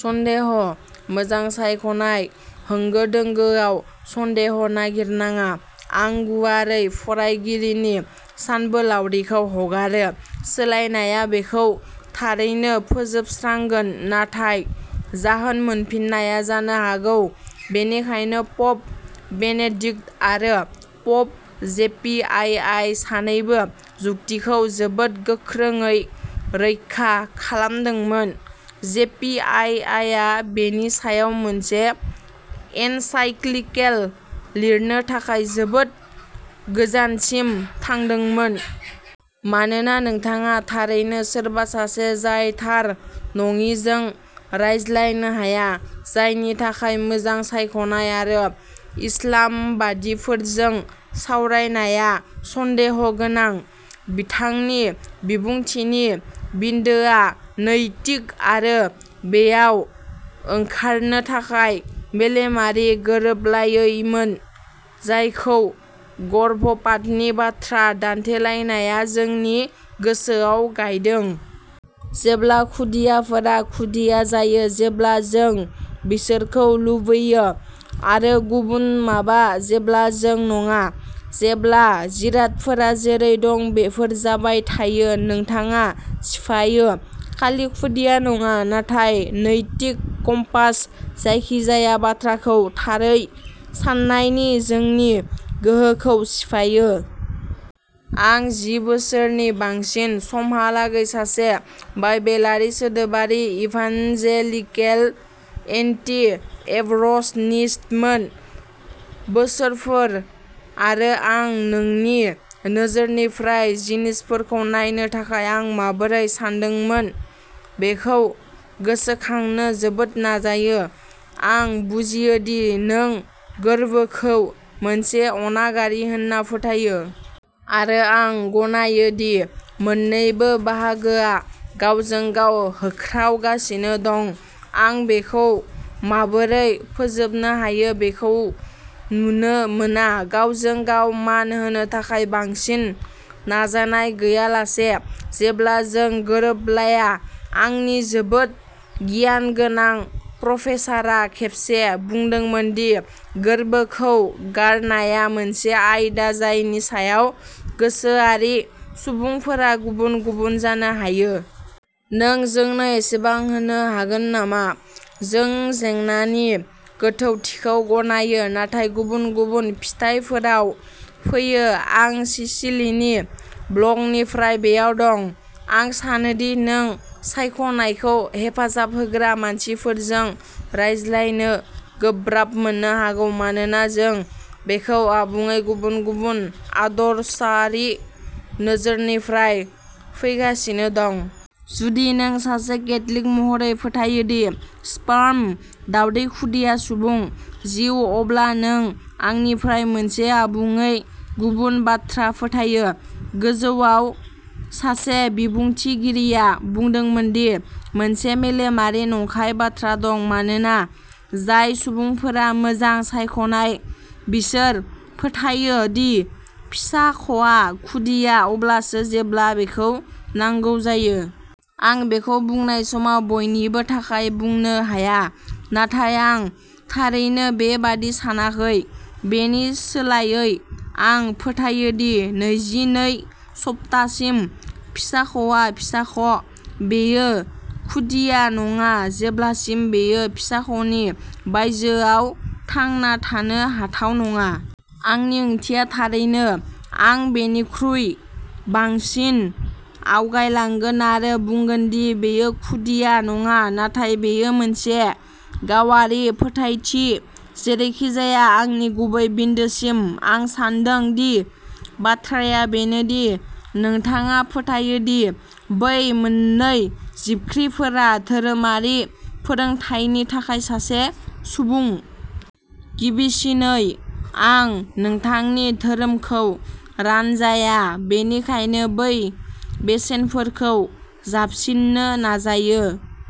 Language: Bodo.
सन्देह'। मोजां सायख'नाय होंगो-दोंगोआव सन्देह' नागिरनाङा। आं गुवारै फरायगिरिनि सानबोलावरिखौ हगारो। सोलायनाया बेखौ थारैनो फोजोबस्रांगोन, नाथाय जाहोन मोनफिननाया जानो हागौ बेनिखायनो प'प बेनेडिक्ट आरो प'प जेपिआइआइ सानैबो जुक्तिखौ जोबोद गोख्रोङै रैखा खालामदोंमोन, जेपिआइआइआ बेनि सायाव मोनसे एनसाइक्लिकेल लिरनो थाखाय जोबोद गोजानसिम थांदोंमोन। मानोना नोंथाङा थारैनो सोरबा सासे जाय थार नङिजों रायज्लायनो हाया, जायनि थाखाय मोजां सायख'नाय आरो इस्लामबादिफोरजों सावरायनाया सन्देह' गोनां। बिथांनि बिबुंथिनि बिन्दोआ नैतिक आरो, बेयाव ओंखारनो थाखाय, मेलेमारि गोरोबलायैमोन जायखौ गर्भपातनि बाथ्रा दान्थेलायनाया जोंनि गोसोयाव गायदों। जेब्ला खुदियाफोरा खुदिया जायो जेब्ला जों बिसोरखौ लुबैयो आरो गुबुन माबा जेब्ला जों नङा, जेब्ला जिरादफोरा जेरै दं बेफोर जाबाय थायो नोंथाङा सिफायो, खालि खुदिया नङा, नाथाय नैतिक कम्पास, जायखिजाया बाथ्राखौ थारै सान्नायनि जोंनि गोहोखौ सिफायो। आं जि बोसोरनि बांसिन समहालागै सासे बाइबेलारि सोदोबारि इभान्जेलिकेल एन्टी-एबरसनिस्टमोन। बोसोरफोर, आरो आं नोंनि नोजोरनिफ्राय जिनिसफोरखौ नायनो थाखाय आं माबोरै सानदोंमोन बेखौ गोसोखांनो जोबोद नाजायो। आं बुजियो दि नों गोर्बोखौ मोनसे अनागारि होनना फोथायो। आरो आं गनायो दि मोन्नैबो बाहागोआ गावजों-गाव होख्रावगासिनो दं। आं बेखौ माबोरै फोजोबनो हायो बेखौ नुनो मोना, गावजों-गाव मान होनो थाखाय बांसिन नाजानाय गैयालासे, जेब्ला जों गोरोबलाया। आंनि जोबोद गियानगोनां प्रफेसारआ खेबसे बुंदोंमोन दि गोर्बोखौ गारनाया मोनसे आयदा जायनि सायाव गोसोआरि सुबुंफोरा गुबुन-गुबुन जानो हायो। नों जोंनो एसेबां होनो हागोन नामा? जों जेंनानि गोथौथिखौ गनायो, नाथाय गुबुन-गुबुन फिथाइफोराव फैयो आं सिसिलिनि ब्लगनिफ्राय बेयाव दं। आं सानो दि नों सायख'नायखौ हेफाजाब होग्रा मानसिफोरजों रायज्लायनो गोब्राब मोननो हागौ मानोना जों बेखौ आबुङै गुबुन-गुबुन आदर्शारि नोजोरनिफ्राय फैगासिनो दं। जुदि नों, सासे केथलिक महरै, फोथायो दि स्पार्म दावदै खुदिया सुबुं। जिउ, अब्ला नों आंनिफ्राय मोनसे आबुङै गुबुन बाथ्रा फोथायो। गोजौआव सासे बिबुंथिगिरिया बुंदोंमोन दि मोनसे मेलेमारि नंखाय बाथ्रा दं मानोना जाय सुबुंफोरा मोजां सायख'नाय, बिसोर फोथायो दि फिसाख'आ खुदिया अब्लासो जेब्ला बेखौ नांगौ जायो। आं बेखौ बुंनाय समाव बयनिबो थाखाय बुंनो हाया, नाथाय आं थारैनो बेबादि सानाखै। बेनि सोलायै, आं फोथायो दि नैजिनै सप्तासिम, फिसाख'आ फिसाख'। बेयो खुदिया नङा जेब्लासिम बेयो फिसाख'नि बायजोआव थांना थानो हाथाव नङा। आंनि ओंथिया, थारैनो, आं बेनिख्रुइ बांसिन आवगायलांगोन आरो बुंगोन दि बेयो खुदिया नङा, नाथाय बेयो मोनसे गावारि फोथायथि। जेरैखिजाया, आंनि गुबै बिन्दोसिम, आं सान्दों दि बाथ्राया बेनो दि नोंथाङा फोथायो दि बै मोननै जिबख्रिफोरा धोरोमारि फोरोंथायनि थाखाय सासे सुबुं। गिबिसिनै, आं नोंथांनि धोरोमखौ रानजाया, बेनिखायनो बै बेसेनफोरखौ जाबसिननो नाजायो।